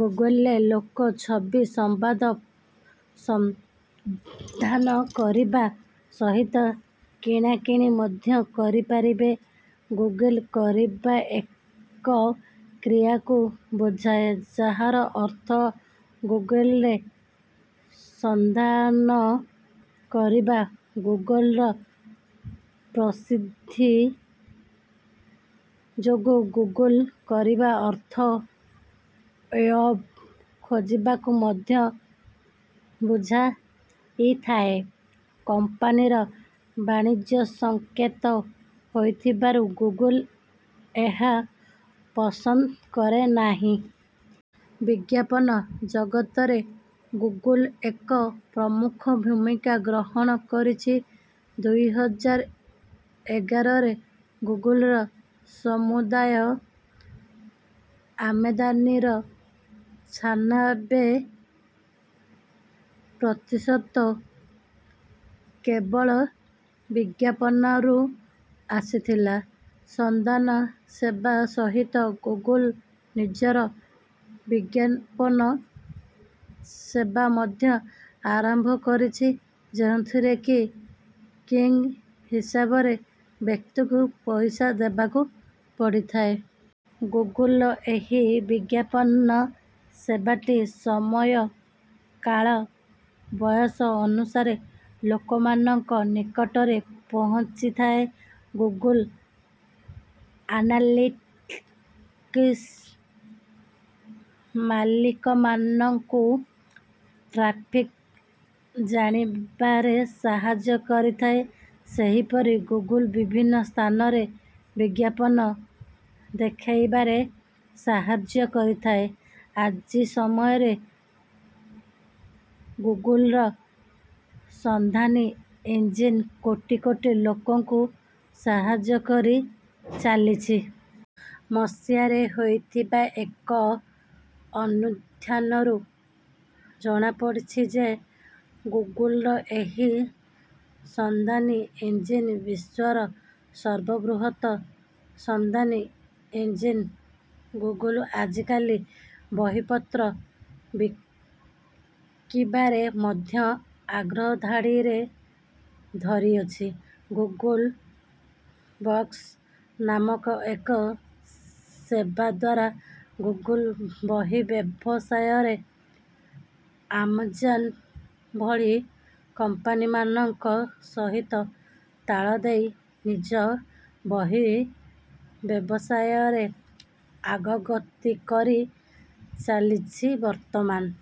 ଗୁଗଲରେ ଲୋକ ଛବି, ସମ୍ବାଦ ସନ୍ଧାନ କରିବା ସହିତ କିଣାକିଣି ମଧ୍ୟ କରିପାରିବେ। ଗୁଗଲ କରିବା ଏକ କ୍ରିୟାକୁ ବୁଝାଏ, ଯାହାର ଅର୍ଥ ଗୁଗଲରେ ସନ୍ଧାନ କରିବା। ଗୁଗଲର ପ୍ରସିଦ୍ଧି ଯୋଗୁ, ଗୁଗଲ କରିବା ଅର୍ଥ ୱେବ୍ ଖୋଜାକୁ ମଧ୍ୟ ବୁଝାଇଥାଏ। କମ୍ପାନୀର ବାଣିଜ୍ୟସଂକେତ ହୋଇଥିବାରୁ ଗୁଗଲ ଏହା ପସନ୍ଦ କରେ ନାହିଁ। ବିଜ୍ଞାପନ ଜଗତରେ ଗୁଗଲ ଏକ ପ୍ରମୁଖ ଭୂମିକା ଗ୍ରହଣ କରିଛି। ଦୁଇ ହଜାର ଏଗାରରେ ଗୁଗଲର ସମୁଦାୟ ଆମଦାନିର ଛାନବେ ପ୍ରତିଶତ କେବଳ ବିଜ୍ଞାପନରୁ ଆସିଥିଲା। ସନ୍ଧାନ ସେବା ସହିତ ଗୁଗଲ ନିଜର ବିଜ୍ଞାପନ ସେବା ମଧ୍ୟ ଆରମ୍ଭ କରିଛି, ଯେଉଁଥିରେ କି କ୍ଲିକ୍ ହିସାବରେ ବ୍ୟକ୍ତିକୁ ପଇସା ଦେବାକୁ ପଡ଼ିଥାଏ। ଗୁଗଲର ଏହି ବିଜ୍ଞାପନ ସେବାଟି ସମୟ, କାଳ, ବୟସ ଅନୁସାରେ ଲୋକମାନଙ୍କ ନିକଟରେ ପହଞ୍ଚିଥାଏ। ଗୁଗଲ ଆନାଲିଟିକ୍ସ, ମାଲିକମାନଙ୍କୁ ଟ୍ରାଫିକ୍ ଜାଣିବାରେ ସାହାଯ୍ୟ କରିଥାଏ। ସେହିପରି ଗୁଗଲ ବିଭିନ୍ନ ସ୍ଥାନରେ ବିଜ୍ଞାପନ ଦେଖାଇବାରେ ସାହାଯ୍ୟ କରିଥାଏ। ଆଜି ସମୟରେ ଗୁଗଲର ସନ୍ଧାନୀ ଇଞ୍ଜିନ୍ କୋଟି କୋଟି ଲୋକଙ୍କୁ ସାହାଯ୍ୟ କରି ଚାଲିଛି। ମସିହାରେ ହୋଇଥିବା ଏକ ଅନୁଧ୍ୟାନରୁ ଜଣାପଡ଼ିଛି ଯେ ଗୁଗୁଲର ଏହି ସନ୍ଧାନୀ ଇଞ୍ଜିନ୍ ବିଶ୍ୱର ସର୍ବବୃହତ ସନ୍ଧାନୀ ଇଞ୍ଜିନ୍। ଗୁଗୁଲ ଆଜିକାଲି ବହିପତ୍ର ବିକିବାରେ ମଧ୍ୟ ଅଗ୍ରଧାଡ଼ିରେ ରହିଅଛି। ଗୁଗଲ ବୁକ୍ସ ନାମକ ଏକ ସେବା ଦ୍ୱାରା ଗୁଗୁଲ ବହି ବ୍ୟବସାୟରେ ଆମାଜନ୍ ଭଳି କମ୍ପାନୀମାନଙ୍କ ସହିତ ତାଳ ଦେଇ, ନିଜ ବହି ବ୍ୟବସାୟରେ ଅଗ୍ରଗତି କରି ଚାଲିଛି। ବର୍ତ୍ତମାନ